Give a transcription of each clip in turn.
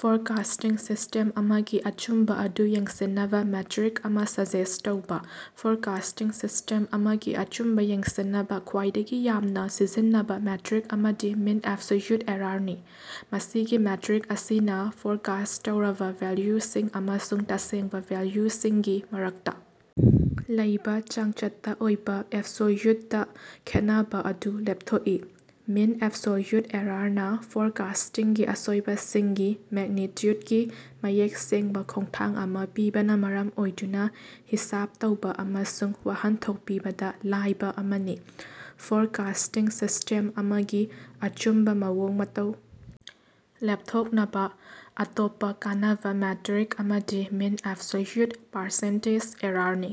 Forecasting system ꯑꯃꯒꯤ ꯑꯆꯨꯝꯕꯥ ꯑꯗꯨ ꯌꯦꯡꯁꯤꯟꯅꯕ ꯃꯦꯇꯔꯤꯛ ꯑꯃꯥ ꯁꯖꯦꯁ꯭ꯠ ꯇꯧꯕ꯫ ꯐꯣꯔꯀꯥꯁ꯭ꯇꯤꯡ ꯁꯤꯁ꯭ꯇꯦꯝ ꯑꯃꯒꯤ ꯑꯆꯨꯝꯕ ꯌꯦꯡꯁꯤꯟꯅꯕ ꯈ꯭ꯋꯥꯏꯗꯒꯤ ꯌꯥꯝꯅ ꯁꯤꯖꯤꯟꯅꯕꯥ ꯃꯦꯇꯔꯤꯛ ꯑꯃꯗꯤ ꯃꯤꯟ ꯑꯦꯕꯁꯣꯜꯌꯨꯠ ꯑꯦꯔꯥꯔꯅꯤ꯫ ꯃꯁꯤꯒꯤ ꯃꯦꯇꯔꯤꯛ ꯑꯁꯤꯅ ꯐꯣꯔꯀꯥꯁ꯭ꯠ ꯇꯧꯔꯕ ꯚꯦꯜꯌꯨꯁꯤꯡ ꯑꯃꯁꯨꯡ ꯇꯁꯦꯡꯕ ꯚꯦꯜꯌꯨꯁꯤꯡꯒꯤ ꯃꯔꯛꯇ ꯂꯩꯕꯥ ꯆꯥꯡꯆꯠꯇ ꯑꯣꯏꯕ ꯑꯦꯕꯁꯣꯜꯌꯨꯇꯦꯗ ꯈꯦꯠꯅꯕ ꯑꯗꯨ ꯂꯦꯞꯊꯣꯛꯏ꯫ ꯃꯤꯟ ꯑꯦꯕꯁꯣꯜꯌꯨꯠ ꯑꯦꯔꯥꯔꯅꯥ ꯐꯣꯔꯀꯥꯁ꯭ꯇꯤꯡꯒꯤ ꯑꯁꯣꯏꯕꯁꯤꯡꯒꯤ ꯃꯦꯒ꯭ꯅꯤꯇ꯭ꯌꯨꯗꯀꯤ ꯃꯌꯦꯛ ꯁꯦꯡꯕ ꯈꯣꯡꯊꯥꯡ ꯑꯃꯥ ꯄꯤꯕꯅ ꯃꯔꯝ ꯑꯣꯏꯗꯨꯅ ꯍꯤꯁꯥꯕ ꯇꯧꯕ ꯑꯃꯁꯨꯡ ꯋꯥꯍꯟꯊꯣꯛ ꯄꯤꯕꯗ ꯂꯥꯏꯕꯥ ꯑꯃꯅꯤ꯫ ꯐꯣꯔꯀꯥꯁ꯭ꯇꯤꯡ ꯁꯤꯁ꯭ꯇꯦꯝ ꯑꯃꯒꯤ ꯑꯆꯨꯝꯕ ꯃꯑꯣꯡ ꯃꯇꯧ ꯂꯦꯞꯊꯣꯛꯅꯕ ꯑꯇꯣꯞꯄ ꯀꯥꯟꯅꯕ ꯃꯦꯇꯔꯤꯛ ꯑꯃꯗꯤ ꯃꯤꯟ ꯑꯦꯕꯁꯣꯜꯌꯨꯠ ꯄꯥꯔꯁꯦꯟꯇꯦꯖ ꯑꯦꯔꯥꯔꯅꯤ꯫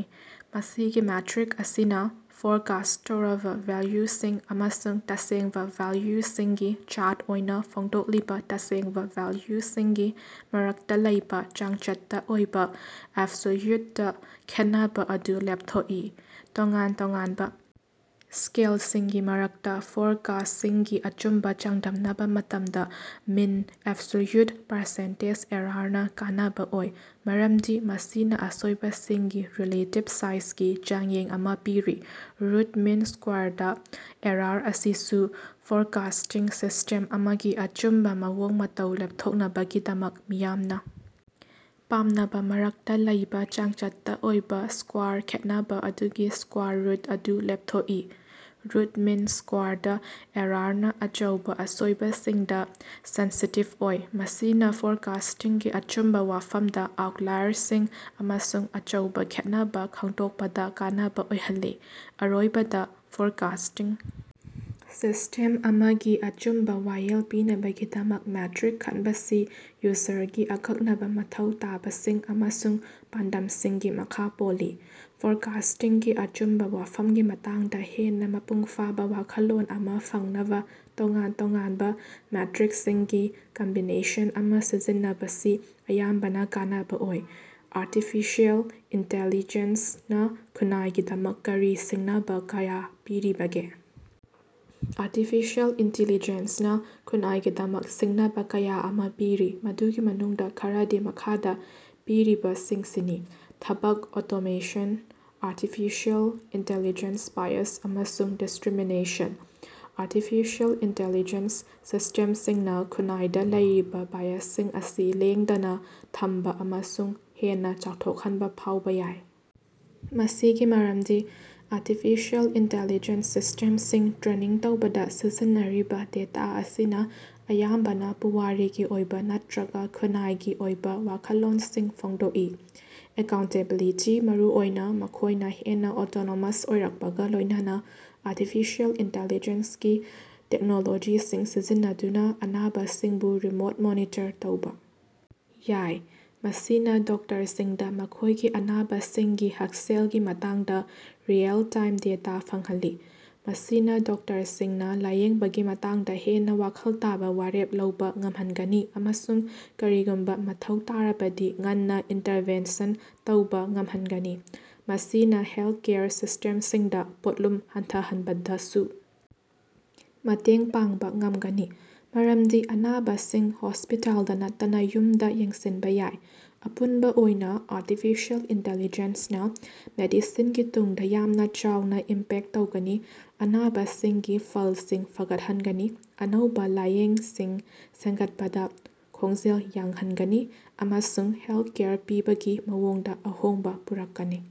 ꯃꯁꯤꯒꯤ ꯃꯦꯇꯔꯤꯛ ꯑꯁꯤꯅ ꯐꯣꯔꯀꯥꯁ꯭ꯠ ꯇꯧꯔꯕ ꯚꯦꯜꯌꯨꯁꯤꯡ ꯑꯃꯁꯨꯡ ꯇꯁꯦꯡꯕ ꯚꯦꯜꯌꯨꯁꯤꯡꯒꯤ ꯆꯥꯗ ꯑꯣꯏꯅ ꯐꯣꯡꯗꯣꯛꯂꯤꯕ ꯇꯁꯦꯡꯕ ꯚꯦꯜꯌꯨꯁꯤꯡꯒꯤ ꯃꯔꯛꯇ ꯂꯩꯕ ꯆꯥꯡꯆꯠꯇ ꯑꯣꯏꯕ ꯑꯦꯕꯁꯣꯜꯌꯨꯇꯦꯗ ꯈꯦꯠꯅꯕ ꯑꯗꯨ ꯂꯦꯞꯊꯣꯛꯏ꯫ ꯇꯣꯉꯥꯟ ꯇꯣꯉꯥꯟꯕ ꯁ꯭ꯀꯦꯜꯁꯤꯡꯒꯤ ꯃꯔꯛꯇ ꯐꯣꯔꯀꯥꯁ꯭ꯠꯁꯤꯡꯒꯤ ꯑꯆꯨꯝꯕ ꯆꯥꯡꯗꯝꯅꯕ ꯃꯇꯝꯗ ꯃꯤꯟ ꯑꯦꯕꯁꯣꯜꯌꯨꯠ ꯄꯥꯔꯁꯦꯟꯇꯦꯖ ꯑꯦꯔꯥꯔꯅꯥ ꯀꯥꯟꯅꯕ ꯑꯣꯏ, ꯃꯔꯝꯗꯤ ꯃꯁꯤꯅ ꯑꯁꯣꯏꯕꯁꯤꯡꯒꯤ ꯔꯤꯂꯦꯇꯤꯕ ꯁꯥꯏꯖꯒꯤ ꯆꯥꯡꯌꯦꯡ ꯑꯃꯥ ꯄꯤꯔꯤ꯫ ꯔꯨꯠ ꯃꯤꯟ ꯁ꯭ꯀꯋꯥꯔꯗ ꯑꯦꯔꯥꯔ ꯑꯁꯤꯁꯨ ꯐꯣꯔꯀꯥꯁ꯭ꯇꯤꯡ ꯁꯤꯁ꯭ꯇꯦꯝ ꯑꯃꯒꯤ ꯑꯆꯨꯝꯕ ꯃꯑꯣꯡ ꯃꯇꯧ ꯂꯦꯞꯊꯣꯛꯅꯕꯒꯤꯗꯃꯛ ꯃꯤꯌꯥꯝꯅ ꯄꯥꯝꯅꯕ ꯃꯔꯛꯇ ꯂꯩꯕ ꯆꯥꯡꯆꯠꯇ ꯑꯣꯏꯕ ꯁ꯭ꯀꯋꯥꯔ ꯈꯦꯠꯅꯕꯥ ꯑꯗꯨꯒꯤ ꯁ꯭ꯀꯋꯥꯔ ꯔꯨꯠ ꯑꯗꯨ ꯂꯦꯞꯊꯣꯞꯏ꯫ ꯔꯨꯠ ꯃꯤꯟ ꯁ꯭ꯀꯋꯥꯔꯗ ꯑꯦꯔꯥꯔꯅꯥ ꯑꯆꯧꯕꯥ ꯑꯁꯣꯏꯕꯁꯤꯡꯗ ꯁꯦꯟꯁꯤꯇꯤꯕ ꯑꯣꯏ, ꯃꯁꯤꯅ ꯐꯣꯔꯀꯥꯁ꯭ꯇꯤꯡꯒꯤ ꯑꯆꯨꯝꯕ ꯋꯥꯐꯝꯗ ꯑꯥꯎꯠꯂꯥꯏꯔꯁꯤꯡ ꯑꯃꯁꯨꯡ ꯑꯆꯧꯕ ꯈꯦꯠꯅꯕ ꯈꯪꯗꯣꯛꯄꯗ ꯀꯥꯟꯅꯕ ꯑꯣꯏꯍꯜꯂꯤ꯫ ꯑꯔꯣꯏꯕꯗ, ꯐꯣꯔꯀꯥꯁ꯭ꯇꯤꯡ ꯁꯤꯁ꯭ꯇꯦꯝ ꯑꯃꯒꯤ ꯑꯆꯨꯝꯕ ꯋꯥꯌꯦꯜ ꯄꯤꯅꯕꯒꯤꯗꯃꯛ ꯃꯦꯇꯔꯤꯛ ꯈꯟꯕꯁꯤ ꯌꯨꯖꯔꯒꯤ ꯑꯀꯛꯅꯕ ꯃꯊꯧ ꯇꯥꯕꯁꯤꯡ ꯑꯃꯁꯨꯡ ꯄꯥꯟꯗꯝꯁꯤꯡꯒꯤ ꯃꯈꯥ ꯄꯣꯜꯂꯤ꯫ ꯐꯣꯔꯀꯥꯁ꯭ꯇꯤꯡꯒꯤ ꯑꯆꯨꯝꯕ ꯋꯥꯐꯝꯒꯤ ꯃꯇꯥꯡꯗ ꯍꯦꯟꯅ ꯃꯄꯨꯡ ꯐꯥꯕ ꯋꯥꯈꯜꯂꯣꯟ ꯑꯃꯥ ꯐꯪꯅꯕꯥ ꯇꯣꯉꯥꯟ ꯇꯣꯉꯥꯟꯕ ꯃꯦꯇꯔꯤꯛꯁꯤꯡꯒꯤ ꯀꯝꯕꯤꯅꯦꯁꯟ ꯑꯃꯥ ꯁꯤꯖꯤꯟꯅꯕꯁꯤ ꯑꯌꯥꯝꯕꯅ ꯀꯥꯟꯅꯕꯥ ꯑꯣꯏ꯫ ꯑꯥꯔꯇꯤꯐꯤꯁꯤꯑꯦꯜ ꯏꯟꯇꯦꯂꯤꯖꯦꯟꯁꯅꯥ ꯈꯨꯟꯅꯥꯏꯒꯤꯗꯃꯛ ꯀꯔꯤ ꯁꯤꯡꯅꯕꯥ ꯀꯌꯥ ꯄꯤꯔꯤꯕꯒꯦ? ꯑꯥꯔꯇꯤꯐꯤꯁꯤꯑꯦꯜ ꯏꯟꯇꯤꯂꯤꯖꯦꯟꯁꯅꯥ ꯈꯨꯟꯅꯥꯏꯒꯤꯗꯃꯛꯇ ꯁꯤꯡꯅꯕ ꯀꯌꯥ ꯑꯃꯥ ꯄꯤꯔꯤ, ꯃꯗꯨꯒꯤ ꯃꯅꯨꯡꯗ ꯈꯔꯗꯤ ꯃꯈꯥꯗ ꯄꯤꯔꯤꯕꯁꯤꯡꯁꯤꯅꯤ: ꯊꯕꯛ ꯑꯣꯇꯣꯃꯦꯁꯟ: ꯑꯥꯔꯇꯤꯐꯤꯁꯤꯑꯦꯜ ꯏꯟꯇꯦꯂꯤꯖꯦꯟꯁ ꯕꯥꯏꯁ ꯑꯃꯁꯨꯡ ꯗꯤꯁꯇꯔꯤꯃꯤꯅꯦꯁꯟ: ꯑꯥꯔꯇꯤꯐꯤꯁꯤꯑꯦꯜ ꯏꯟꯇꯦꯂꯤꯖꯦꯟꯁ ꯁꯤꯁ꯭ꯇꯦꯝꯁꯤꯡꯅ ꯈꯨꯟꯅꯥꯏꯗ ꯂꯩꯔꯤꯕ ꯕꯥꯏꯁꯁꯤꯡ ꯑꯁꯤ ꯂꯦꯡꯗꯅ ꯊꯝꯕ ꯑꯃꯁꯨꯡ ꯍꯦꯟꯅ ꯆꯥꯎꯊꯣꯛꯍꯟꯕ ꯐꯥꯎꯕ ꯌꯥꯏ꯫ ꯃꯁꯤꯒꯤ ꯃꯔꯝꯗꯤ ꯑꯥꯔꯇꯤꯐꯤꯁꯤꯑꯦꯜ ꯏꯟꯇꯦꯂꯤꯖꯦꯟꯁ ꯁꯤꯁ꯭ꯇꯦꯝꯁꯤꯡ ꯇ꯭ꯔꯦꯅꯤꯡ ꯇꯧꯕꯗ ꯁꯤꯖꯤꯟꯅꯔꯤꯕ ꯗꯦꯇꯥ ꯑꯁꯤꯅ ꯑꯌꯥꯝꯕꯅ ꯄꯨꯋꯥꯔꯤꯒꯤ ꯑꯣꯏꯕ ꯅꯠꯇꯔꯒ ꯈꯨꯟꯅꯥꯏꯒꯤ ꯑꯣꯏꯕ ꯋꯥꯈꯜꯂꯣꯟꯁꯤꯡ ꯐꯣꯡꯗꯣꯛꯏ꯫ ꯑꯦꯀꯥꯎꯟꯇꯦꯕꯤꯂꯤꯇꯤ: ꯃꯔꯨꯑꯣꯏꯅ ꯃꯈꯣꯏꯅ ꯍꯦꯟꯅ ꯑꯣꯇꯣꯅꯣꯃꯁ ꯑꯣꯏꯔꯛꯄꯒ ꯂꯣꯏꯅꯅꯥ ꯑꯥꯔꯇꯤꯐꯤꯁꯤꯑꯦꯜ ꯏꯟꯇꯦꯂꯤꯖꯦꯟꯁꯒꯤ ꯇꯦꯛꯅꯣꯂꯣꯖꯤꯁꯤꯡ ꯁꯤꯖꯤꯟꯅꯗꯨꯅ ꯑꯅꯥꯕꯁꯤꯡꯕꯨ ꯔꯤꯃꯣꯠ ꯃꯣꯅꯤꯇꯔ ꯇꯧꯕ ꯌꯥꯏ, ꯃꯁꯤꯅꯥ ꯗꯣꯛꯇꯔꯁꯤꯡꯗ ꯃꯈꯣꯏꯒꯤ ꯑꯅꯥꯕꯁꯤꯡꯒꯤ ꯍꯛꯁꯦꯜꯒꯤ ꯃꯇꯥꯡꯗ ꯔꯤꯑꯦꯜ-ꯇꯥꯏꯝ ꯗꯦꯇꯥ ꯐꯪꯍꯜꯂꯤ꯫ ꯃꯁꯤꯅꯥ ꯗꯣꯛꯇꯔꯁꯤꯡꯅ ꯂꯥꯏꯌꯦꯡꯕꯒꯤ ꯃꯇꯥꯡꯗ ꯍꯦꯟꯅ ꯋꯥꯈꯜ ꯇꯥꯕꯥ ꯋꯥꯔꯦꯞ ꯂꯧꯕ ꯉꯝꯍꯟꯒꯅꯤ ꯑꯃꯁꯨꯡ ꯀꯔꯤꯒꯨꯝꯕ ꯃꯊꯧ ꯇꯥꯔꯕꯗꯤ ꯉꯟꯅ ꯏꯟꯇꯔꯚꯦꯟꯁꯟ ꯇꯧꯕ ꯉꯝꯍꯟꯒꯅꯤ꯫ ꯃꯁꯤꯅꯥ ꯍꯦꯜꯊꯀꯦꯌꯔ ꯁꯤꯁ꯭ꯇꯦꯝꯁꯤꯡꯗ ꯄꯣꯠꯂꯨꯝ ꯍꯟꯊꯍꯟꯕꯗꯁꯨ ꯃꯇꯦꯡ ꯄꯥꯡꯕꯥ ꯉꯝꯒꯅꯤ, ꯃꯔꯝꯗꯤ ꯑꯅꯥꯕꯁꯤꯡ ꯍꯣꯁ꯭ꯄꯤꯇꯥꯜꯗ ꯅꯠꯇꯅ ꯌꯨꯝꯗ ꯌꯦꯡꯁꯤꯟꯕ ꯌꯥꯏ꯫ ꯑꯄꯨꯟꯕ ꯑꯣꯏꯅ ꯑꯥꯔꯇꯤꯐꯤꯁꯤꯑꯦꯜ ꯏꯟꯇꯦꯂꯤꯖꯦꯟꯁꯅꯥ ꯃꯦꯗꯤꯁꯤꯟꯒꯤ ꯇꯨꯡꯗ ꯌꯥꯝꯅ ꯆꯥꯎꯅ ꯏꯝꯄꯦꯛꯠ ꯇꯧꯒꯅꯤ, ꯑꯅꯥꯕꯁꯤꯡꯒꯤ ꯐꯜꯁꯤꯡ ꯐꯒꯠꯍꯟꯒꯅꯤ, ꯑꯅꯧꯕ ꯂꯥꯌꯦꯡꯁꯤꯡ ꯁꯦꯝꯒꯠꯄꯗ ꯈꯣꯡꯖꯦꯜ ꯌꯥꯡꯍꯟꯒꯅꯤ, ꯑꯃꯁꯨꯡ ꯍꯦꯜꯊꯀꯦꯌꯔ ꯄꯤꯕꯒꯤ ꯃꯑꯣꯡꯗ ꯑꯍꯣꯡꯕ ꯄꯨꯔꯛꯀꯅꯤ꯫